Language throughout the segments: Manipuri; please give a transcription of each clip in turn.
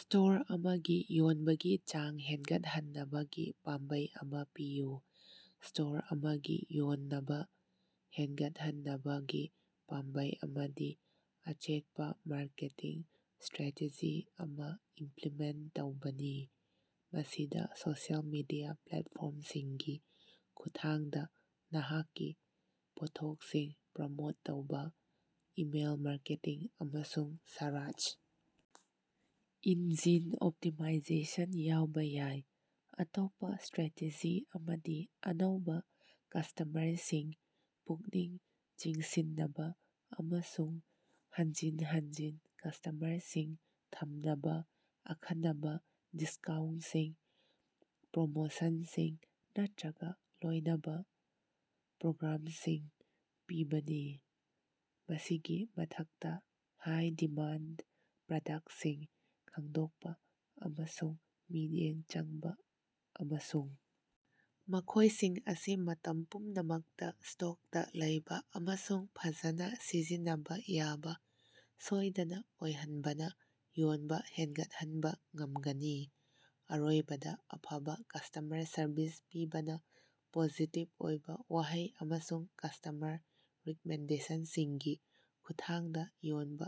ꯁ꯭ꯇꯣꯔ ꯑꯃꯒꯤ ꯌꯣꯟꯕꯒꯤ ꯆꯥꯡ ꯍꯦꯟꯒꯠꯍꯟꯅꯕꯒꯤ ꯄꯥꯝꯕꯩ ꯑꯃ ꯄꯤꯌꯨ꯫ ꯁ꯭ꯇꯣꯔ ꯑꯃꯒꯤ ꯌꯣꯟꯅꯕ ꯍꯦꯅꯒꯠꯍꯟꯅꯕꯒꯤ ꯄꯥꯝꯕꯩ ꯑꯃꯗꯤ ꯑꯆꯦꯠꯄ ꯃꯥꯔꯀꯦꯇꯤꯡ ꯁ꯭ꯇꯔꯦꯇꯦꯖꯤ ꯑꯃ ꯏꯃꯞꯂꯤꯃꯦꯟꯇ ꯇꯧꯕꯅꯤ꯫ ꯃꯁꯤꯗ ꯁꯣꯁꯤꯑꯦꯜ ꯃꯦꯗꯤꯌꯥ ꯄ꯭ꯂꯦꯠꯐꯣꯔꯝꯁꯤꯡꯒꯤ ꯈꯨꯠꯊꯥꯡꯗ ꯅꯍꯥꯛꯀꯤ ꯄꯣꯠꯊꯣꯛꯁꯤꯡ ꯄ꯭ꯔꯃꯣꯠ ꯇꯧꯕ, ꯏꯃꯦꯜ ꯃꯥꯔꯀꯦꯇꯤꯡ, ꯑꯃꯁꯨꯡ ꯁꯔꯆ ꯏꯟꯖꯤꯟ ꯑꯣꯞꯇꯤꯃꯥꯏꯖꯦꯁꯟ ꯌꯥꯎꯕ ꯌꯥꯏ꯫ ꯑꯇꯣꯞꯄ ꯁ꯭ꯇꯔꯦꯇꯦꯖꯤ ꯑꯃꯗꯤ ꯑꯅꯧꯕ ꯀꯁ꯭ꯇꯃꯔꯁꯤꯡ ꯄꯨꯛꯅꯤꯡ ꯆꯤꯡꯁꯤꯟꯅꯕ ꯑꯃꯁꯨꯡ ꯍꯟꯖꯤꯟ ꯍꯟꯖꯤꯟ ꯀꯁ꯭ꯇꯃꯔꯁꯤꯡ ꯊꯝꯅꯕ ꯑꯈꯟꯅꯕ ꯗꯤꯁꯀꯥꯎꯟꯇꯁꯤꯡ, ꯄ꯭ꯔꯣꯃꯣꯁꯟꯁꯤꯡ ꯅꯠꯇ꯭ꯔꯒ ꯂꯣꯏꯅꯕ ꯄ꯭ꯔꯣꯒ꯭ꯔꯥꯝꯁꯤꯡ ꯄꯤꯕꯅꯤ꯫ ꯃꯁꯤꯒꯤ ꯃꯊꯛꯇ ꯍꯥꯏ ꯗꯤꯃꯥꯟꯗ ꯄ꯭ꯔꯗꯛꯁꯤꯡ ꯈꯪꯗꯣꯛꯄ ꯑꯃꯁꯨꯡ ꯃꯤꯠꯌꯦꯡ ꯆꯪꯕ ꯑꯃꯁꯨꯡ ꯃꯈꯣꯏꯁꯤꯡ ꯑꯁꯤ ꯃꯇꯝ ꯄꯨꯝꯅꯃꯛꯇ ꯁ꯭ꯇꯣꯛꯇ ꯂꯩꯕ ꯑꯃꯁꯨꯡ ꯐꯖꯅ ꯁꯤꯖꯤꯟꯅꯕ ꯌꯥꯕ ꯁꯣꯏꯗꯅ ꯑꯣꯏꯍꯟꯕꯅ ꯌꯣꯟꯕ ꯍꯦꯟꯒꯠꯍꯟꯕ ꯉꯝꯒꯅꯤ꯫ ꯑꯔꯣꯏꯕꯗ ꯑꯐꯕ ꯀꯁ꯭ꯇꯃꯔ ꯁꯔꯕꯤꯁ ꯄꯤꯕꯅ ꯄꯣꯖꯤꯇꯤꯕ ꯑꯣꯏꯕ ꯋꯥꯍꯩ ꯑꯃꯁꯨꯡ ꯀꯁ꯭ꯇꯃꯔ ꯔꯤꯛꯃꯦꯟꯗꯦꯁꯟꯁꯤꯡꯒꯤ ꯈꯨꯠꯊꯥꯡꯗ ꯌꯣꯟꯕ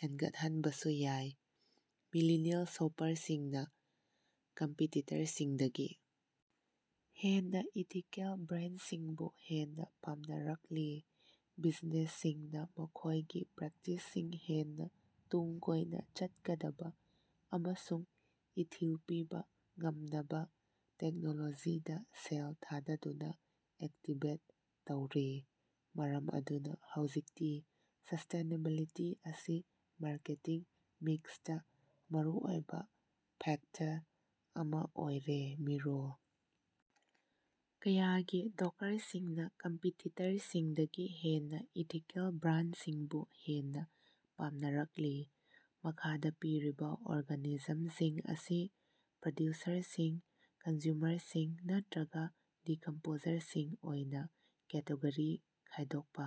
ꯍꯦꯟꯒꯠꯍꯟꯕꯁꯨ ꯌꯥꯏ꯫ ꯃꯤꯂꯤꯅꯤꯑꯦꯜ ꯁꯣꯄꯥꯔꯁꯤꯡꯅꯥ ꯀꯝꯄꯤꯇꯤꯇꯔꯁꯤꯡꯗꯒꯤ ꯍꯦꯟꯅ ꯏꯊꯤꯀꯦꯜ ꯕ꯭ꯔꯥꯟꯗꯁꯤꯡꯕꯨ ꯍꯦꯟꯅ ꯄꯥꯝꯅꯔꯛꯂꯤ꯫ ꯕꯤꯖꯤꯅꯦꯁꯁꯤꯡꯅ ꯃꯈꯣꯏꯒꯤ ꯄ꯭ꯔꯦꯛꯇꯤꯁꯁꯤꯡ ꯍꯦꯟꯅ ꯇꯨꯡ ꯀꯣꯏꯅ ꯆꯠꯀꯗꯕ ꯑꯃꯁꯨꯡ ꯏꯊꯤꯜ ꯄꯤꯕ ꯉꯝꯅꯕ ꯇꯦꯛꯅꯣꯂꯣꯖꯤꯗ ꯁꯦꯜ ꯊꯥꯗꯗꯨꯅ ꯑꯦꯗꯥꯞꯇꯦꯠ ꯇꯧꯔꯤ꯫ ꯃꯔꯝ ꯑꯗꯨꯅ ꯍꯧꯖꯤꯛꯇꯤ ꯁꯁ꯭ꯇꯦꯅꯦꯕꯤꯂꯤꯇꯤ ꯑꯁꯤ ꯃꯥꯔꯀꯦꯇꯤꯡ ꯃꯤꯛꯁꯇ ꯃꯔꯨꯑꯣꯏꯕ ꯐꯦꯛꯇꯔ ꯑꯃ ꯑꯣꯏꯔꯦ꯫ ꯃꯤꯔꯣꯜ ꯀꯌꯥꯒꯤ ꯗꯣꯀꯔꯁꯤꯡꯅ ꯀꯝꯄꯤꯇꯤꯇꯔꯁꯤꯡꯗꯒꯤ ꯍꯦꯟꯅ ꯏꯊꯤꯀꯦꯜ ꯕ꯭ꯔꯥꯟꯗꯁꯤꯡꯕꯨ ꯍꯦꯟꯅꯥ ꯄꯥꯝꯅꯔꯛꯂꯤ꯫ ꯃꯈꯥꯗ ꯄꯤꯔꯤꯕ ꯑꯣꯔꯒꯥꯅꯤꯖꯝꯁꯤꯡ ꯑꯁꯤ ꯄ꯭ꯔꯗ꯭ꯌꯨꯁꯔꯁꯤꯡ, ꯀꯟꯖ꯭ꯌꯨꯃꯔꯁꯤꯡ ꯅꯠꯇ꯭ꯔꯒ ꯗꯤꯀꯃꯄꯣꯖꯔꯁꯤꯡ ꯑꯣꯏꯅ ꯀꯦꯇꯦꯒꯣꯔꯤ ꯈꯥꯏꯗꯣꯛꯄ꯫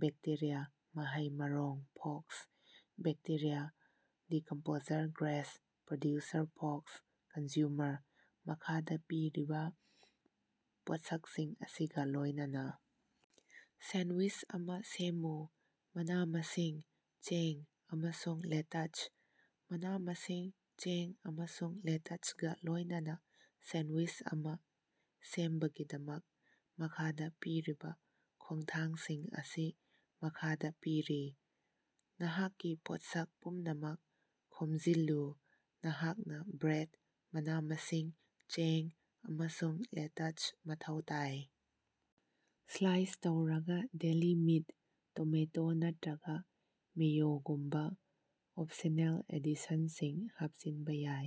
ꯕꯦꯛꯇꯦꯔꯤꯌꯥ, ꯃꯍꯩ-ꯃꯔꯣꯡ, fox. Bacteria: decomposer grass: producer fox: consumer. ꯃꯈꯥꯗ ꯄꯤꯔꯤꯕ ꯄꯣꯠꯁꯛꯁꯤꯡ ꯑꯁꯤꯒ ꯂꯣꯏꯅꯅ ꯁꯦꯟꯗꯋꯤꯁ ꯑꯃ ꯁꯦꯝꯃꯨ: ꯃꯅꯥ-ꯃꯁꯤꯡ, ꯆꯦꯡ, ꯑꯃꯁꯨꯡ ꯂꯦꯇꯆ꯫ ꯃꯅꯥ-ꯃꯁꯤꯡ, ꯆꯦꯡ ꯑꯃꯁꯨꯡ ꯂꯦꯇꯆꯒ ꯂꯣꯏꯅꯅ ꯁꯦꯟꯗꯋꯤꯁ ꯑꯃ ꯁꯦꯝꯕꯒꯤꯗꯃꯛ ꯃꯈꯥꯗꯥ ꯄꯤꯔꯤꯕ ꯈꯣꯡꯊꯥꯡꯁꯤꯡ ꯑꯁꯤ ꯃꯈꯥꯗ ꯄꯤꯔꯤ: ꯅꯍꯥꯛꯀꯤ ꯄꯣꯠꯁꯛ ꯄꯨꯝꯅꯃꯛ ꯈꯣꯝꯖꯤꯜꯂꯨ: ꯅꯍꯥꯛꯅ ꯕ꯭ꯔꯦꯗ, ꯃꯅꯥ-ꯃꯁꯤꯡ, ꯆꯦꯡ, ꯑꯃꯁꯨꯡ ꯂꯦꯇꯆ ꯃꯊꯧ ꯇꯥꯏ꯫ ꯁ꯭ꯂꯥꯏꯁ ꯇꯧꯔꯕ ꯗꯦꯂꯤ ꯃꯤꯠ, ꯇꯣꯃꯦꯇꯣ ꯅꯠꯇ꯭꯭ꯔꯒ ꯃꯦꯌꯣꯒꯨꯝꯕ ꯑꯣꯄꯁꯅꯦꯜ ꯑꯦꯗꯤꯁꯟꯁꯤꯡ ꯍꯥꯄꯆꯤꯟꯕ ꯌꯥꯏ꯫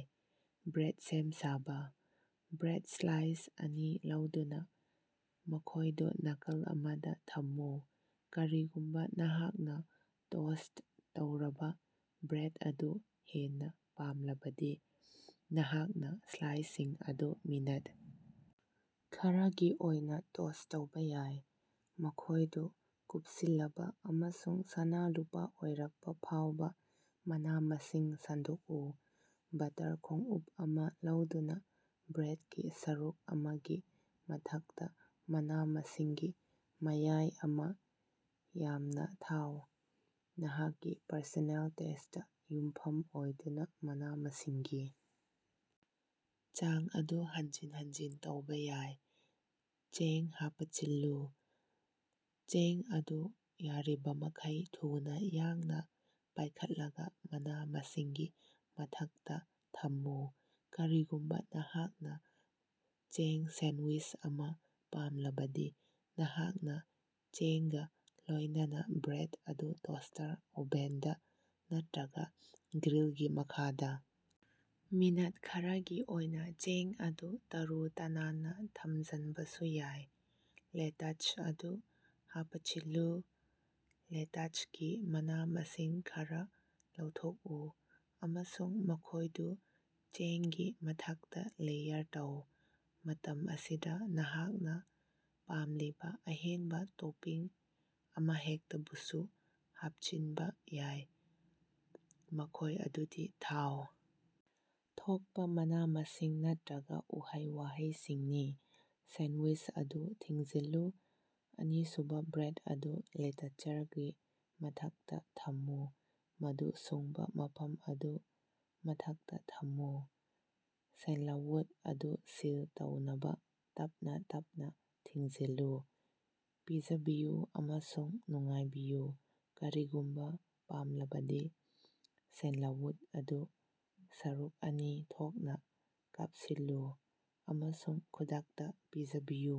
ꯕ꯭ꯔꯦꯗ ꯁꯦꯝ-ꯁꯥꯕ: ꯕ꯭ꯔꯦꯗ ꯁ꯭ꯂꯥꯏꯁ ꯑꯅꯤ ꯂꯧꯗꯨꯅ ꯃꯈꯣꯏꯗꯨ ꯅꯥꯀꯜ ꯑꯃꯗ ꯊꯝꯃꯨ꯫ ꯀꯔꯤꯒꯨꯝꯕ ꯅꯍꯥꯛꯅ ꯇꯣꯁ꯭ꯠ ꯇꯧꯔꯕ ꯕ꯭ꯔꯦꯗ ꯑꯗꯨ ꯍꯦꯟꯅ ꯄꯥꯝꯂꯕꯗꯤ ꯅꯍꯥꯛꯅ ꯁ꯭ꯂꯥꯏꯁꯁꯤꯡ ꯑꯗꯨ ꯃꯤꯅꯠ ꯈꯔꯒꯤ ꯑꯣꯏꯅ ꯇꯣꯁ꯭ꯠ ꯇꯧꯕꯥ ꯌꯥꯏ ꯫ ꯃꯈꯣꯏꯗꯨ ꯀꯨꯄꯁꯤꯜꯂꯕ ꯑꯃꯁꯨꯡ ꯁꯅꯥ-ꯂꯨꯄꯥ ꯑꯣꯏꯔꯛꯄ ꯐꯥꯎꯕꯥ ꯃꯅꯥ-ꯃꯁꯤꯡ ꯁꯟꯗꯣꯛꯎ: ꯕꯠꯇꯔ ꯈꯣꯡꯎꯞ ꯑꯃ ꯂꯧꯗꯨꯅ ꯕ꯭ꯔꯦꯗꯀꯤ ꯁꯔꯨꯛ ꯑꯃꯒꯤ ꯃꯊꯛꯇ ꯃꯅꯥ-ꯃꯁꯤꯡꯒꯤ ꯃꯌꯥꯏ ꯑꯃ ꯌꯥꯝꯅ ꯊꯥꯎ꯫ ꯅꯍꯥꯛꯀꯤ ꯄꯔꯁꯣꯅꯦꯜ ꯇꯦꯁ꯭ꯇꯇ ꯌꯨꯝꯐꯝ ꯑꯣꯏꯗꯨꯅ ꯃꯅꯥ-ꯃꯁꯤꯡꯒꯤ ꯆꯥꯡ ꯑꯗꯨ ꯍꯟꯖꯤꯟ ꯍꯟꯖꯤꯟ ꯇꯧꯕ ꯌꯥꯏ꯫ ꯆꯦꯡ ꯍꯥꯄꯆꯤꯜꯂꯨ: ꯆꯦꯡ ꯑꯗꯨ ꯌꯥꯔꯤꯕꯃꯈꯩ ꯊꯨꯅ ꯌꯥꯡꯅ ꯄꯥꯏꯈꯠꯂꯒ ꯃꯅꯥ-ꯃꯁꯤꯡꯒꯤ ꯃꯊꯛꯇ ꯊꯝꯃꯨ꯫ ꯀꯔꯤꯒꯨꯝꯕ ꯅꯍꯥꯛꯅ ꯆꯦꯡ ꯁꯦꯟꯗꯋꯤꯁ ꯑꯃ ꯄꯥꯝꯂꯕꯗꯤ ꯅꯍꯥꯛꯅ ꯆꯦꯡꯒ ꯂꯣꯏꯅꯅ ꯕ꯭ꯔꯦꯗ ꯑꯗꯨ ꯇꯣꯁ꯭ꯇꯔ ꯑꯣꯚꯟꯗ ꯅꯠꯇ꯭ꯔꯒ ꯒ꯭ꯔꯤꯜꯒꯤ ꯃꯈꯥꯗ ꯃꯤꯅꯠ ꯈꯔꯒꯤ ꯑꯣꯏꯅ ꯆꯦꯡ ꯑꯗꯨ ꯇꯔꯨ-ꯇꯅꯥꯟꯅ ꯊꯝꯖꯟꯕꯁꯨ ꯌꯥꯏ꯫ ꯂꯦꯇꯆ ꯑꯗꯨ ꯍꯥꯄꯆꯤꯜꯂꯨ: ꯂꯦꯇꯆꯒꯤ ꯃꯅꯥ-ꯃꯁꯤꯡ ꯈꯔꯥ ꯂꯧꯊꯣꯛꯎ ꯑꯃꯁꯨꯡ ꯃꯈꯣꯏꯗꯨ ꯆꯦꯡꯒꯤ ꯃꯊꯛꯇ ꯂꯦꯌꯥꯔ ꯇꯧ꯫ ꯃꯇꯝ ꯑꯁꯤꯗ ꯅꯍꯥꯛꯅ ꯄꯥꯝꯂꯤꯕ ꯑꯍꯦꯟꯕ ꯇꯣꯄꯤꯡ ꯑꯃꯍꯦꯛꯇꯕꯨꯁꯨ ꯍꯥꯄꯆꯤꯟꯕ ꯌꯥꯏ꯫ ꯃꯈꯣꯏ ꯑꯗꯨꯗꯤ ꯊꯥꯎ ꯊꯣꯛꯄ ꯃꯅꯥ-ꯃꯁꯤꯡ ꯅꯠꯇ꯭ꯔꯒ ꯎꯍꯩ-ꯋꯥꯍꯩꯁꯤꯡꯅꯤ꯫ ꯁꯦꯟꯗꯋꯤꯁ ꯑꯗꯨ ꯊꯤꯡꯖꯤꯜꯂꯨ: ꯑꯅꯤꯁꯨꯕꯥ ꯕ꯭ꯔꯦꯗ ꯑꯗꯨ ꯂꯦꯇꯆꯔꯒꯤ ꯃꯊꯛꯇ ꯊꯝꯃꯨ ꯃꯗꯨ ꯁꯨꯡꯕ ꯃꯐꯝ ꯑꯗꯨ ꯃꯊꯛꯇ ꯊꯝꯃꯨ꯫ ꯁꯦꯟꯗꯂꯋꯨꯗ ꯑꯗꯨ ꯁꯤꯜ ꯇꯧꯅꯕꯥ ꯇꯞꯅꯥ ꯇꯞꯅꯥ ꯊꯤꯡꯖꯤꯜꯂꯨ꯫ ꯄꯤꯖꯕꯤꯌꯨ ꯑꯃꯁꯨꯡ ꯅꯨꯡꯉꯥꯏꯕꯤꯌꯨ: ꯀꯔꯤꯒꯨꯝꯕꯥ ꯄꯥꯝꯂꯕꯗꯤ ꯁꯦꯟꯗꯂꯋꯨꯗ ꯑꯗꯨ ꯁꯔꯨꯛ ꯑꯅꯤ ꯊꯣꯛꯅꯥ ꯀꯥꯄꯁꯤꯜꯂꯨ, ꯑꯃꯁꯨꯡ ꯈꯨꯗꯛꯇ ꯄꯤꯖꯕꯤꯌꯨ꯫